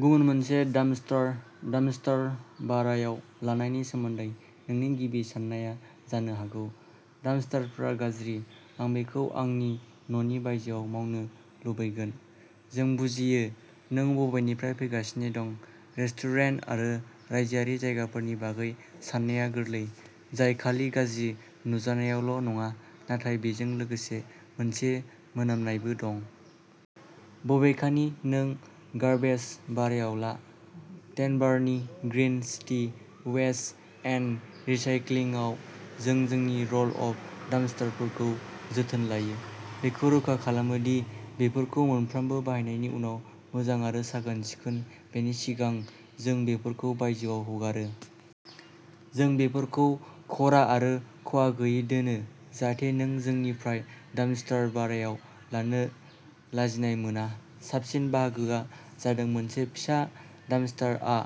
गुबुन मोनसे dumpster. Dumpster भारायाव लानायनि सोमोन्दै नोंनि गिबि साननाया जानो हागौ, डाम्पस्टारफोरा गाज्रि, आं बेखौ आंनि न'नि बायजोआव मानो लुबैगोन। जों बुजियो नों बबेनिफ्राय फैगासिनो दं। रेस्टुरेन्ट आरो रायजोआरि जायगाफोरनि बागै साननाया गोरलै, जाय खालि गाज्रि नुजानायल' नङा, नाथाय बेजों लोगोसे मोनसे मोनामनायबो दं। बबेखानि, नों गार्बेज भारायाव लाया। डेनभारनि ग्रीन सिटी वेस्ट एन्ड रिसाइक्लिंआव, जों जोंनि र'ल अफ डाम्पस्टारफोरखौ जोथोन लायो, बेखौ रोखा खालामो दि बेफोरखौ मोनफ्रोम बाहायनायनि उनाव मोजां आरो साखोन सिखोन, बेनि सिगां जों बेफोरखौ बायजोआव हगारो। जों बेफोरखौ ख'रा आरो खहा गैयै दोनो, जाहाथे नों जोंनिफ्राय डाम्पस्टार भारायाव लानो लाजिनाय मोना। साबसिन बाहागोआ जादों मोनसे फिसा डाम्पस्टारआ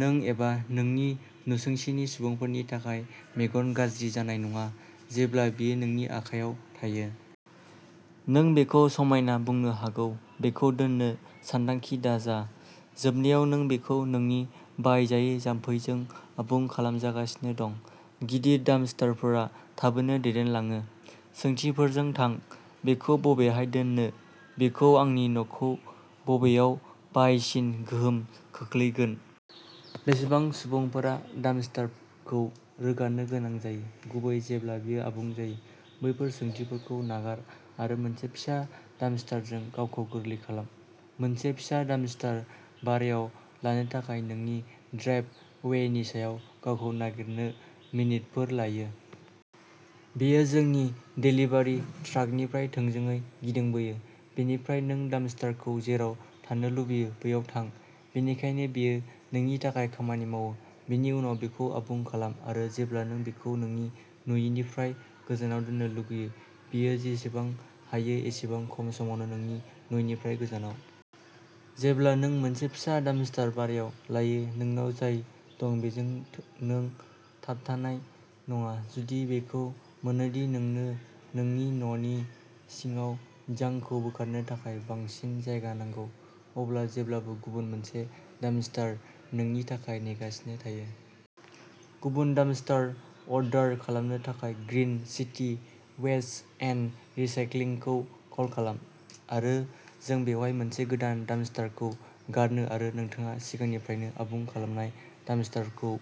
नों एबा नोंनि नसुंसेनि सुबुंफोरनि थाखाय मेगन गाज्रि जानाय नङा, जेब्ला बेयो नोंनि आखायाव थायो। नों बेखौ समायनाबो बुंनो हागौ। बेखौ दोननो सानथांखि दाजा, जोबनायाव नों बेखौ नोंनि बाहायजायै जामफैजों आबुं खालामगासिनो दं। गिदिर डाम्पस्टारफोरा थाबैनो दैदेनलाङो। सोंथिफोरजों थां। बेखौ बबेहाय दोननो? बेयो आंनि न'खौ बबेयाव बाङायसिन गोहोम खोख्लैगोन? बेसेबां सुबुंफोरा डाम्पस्टारखौ रोगानो गोनां जायो, गुबैयै जेब्ला बेयो आबुं जायो? बैफोर सोंथिफोरखौ नागार आरो मोनसे फिसा डाम्पस्टारजों गावखौ गोरलै खालाम। मोनसे फिसा डाम्पस्टार भारायाव लानो थाखाय नोंनि ड्राइभवेनि सायाव गावखौ नागिरनो मिनिटफोर लायो। बेयो जोंनि देलिभारि ट्राकनिफ्राय थोंजोङै गिदिंबोयो। बेनिफ्राय, नों डाम्पस्टारखौ जेराव थानो लुगैयो बैयाव था, बेनिखायनो बेयो नोंनि थाखाय खामानि मावो। बेनि उनाव बेखौ आबुं खालाम आरो जेब्ला नों बेखौ नोंनि नुयिनिफ्राय गोजानाव दोननो लुगैयो, बेयो जेसेबां हायो एसेबां खम समाव नोंनि नुयिनिफ्राय गोजानाव। जेब्ला नों मोनसे फिसा डाम्पस्टार भारायाव लायो, नोंनाव जाय दं बेजों नों थाबथानाय नङा। जुदि बेखौ मोनो दि नोंनो नोंनि न'नि सिङाव जांकखौ बोखारनो थाखाय बांसिन जायगा नांगौ, अब्ला जेब्लाबो गुबुन मोनसे डाम्पस्टार नोंनि थाखाय नेगासिनो थायो। गुबुन डाम्पस्टार अर्डार खालामनो थाखाय ग्रीन सिटी वेस्ट एन्ड रिसाइक्लिंखौ कल खालाम आरो जों बेवहाय मोनसे गोदान डाम्पस्टारखौ गारनो आरो नोंथाङा सिगांनिफ्रायनो आबुं खालामनाय डाम्पस्टारखौ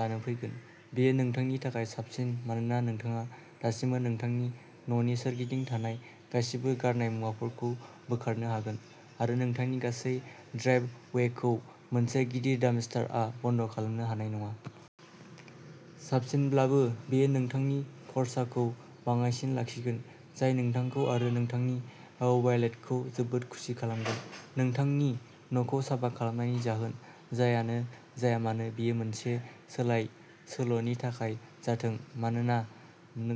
लानो फैगोन। बेयो नोंथांनि थाखाय साबसिन, मानोना नोंथाङा दासिमबो नोंथांनि न'नि सोरगिदिं थानाय गासिबो गारनाय मुवाफोरखौ बोखारनो हागोन आरो नोंथांनि गासै ड्राइभवेखौ मोनसे गिदिर डाम्पस्टारआ बन्द' खालामनो हानाय नङा। साबसिनब्लाबो, बेयो नोंथांनि खरसाखौ बाङाइसिन लाखिगोन, जाय नोंथांखौ आरो नोंथांनि वालेटखौ जोबोद खुसि खालामगोन। नोंथांनि न'खौ साफा खालामनायनि जाहोन जायानो जाया मानो बेयो मोनसे सोलायसोल'नि थाखाय जाथों मानो,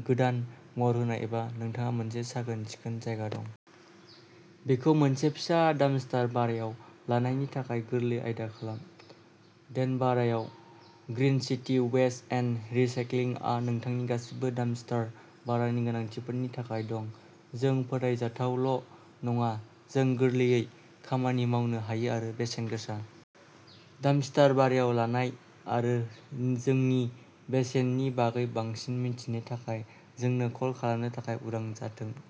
गोदान महर होनाय एबा नोंथांहा मोनसे साखोन सिखोन जायगा दं। बेखौ मोनसे फिसा डाम्पस्टार भारायाव लानायनि थाखाय गोरलै आयदा खालाम। डेनभाराव ग्रीन सिटी वेस्ट एन्ड रिसाइक्लिंआ नोंथांनि गासिबो डाम्पस्टार भारानि गोनांथिफोरनि थाखाय दं। जों फोथायजाथावल' नङा, जों गोरलैयै खामानि मावनो हायो आरो बेसेनगोसा। डाम्पस्टार भारायाव लानाय आरो जोंनि बेसेननि बागै बांसिन मिथिनो थाखाय, जोंनो कल खालामनो थाखाय उदां जाथों।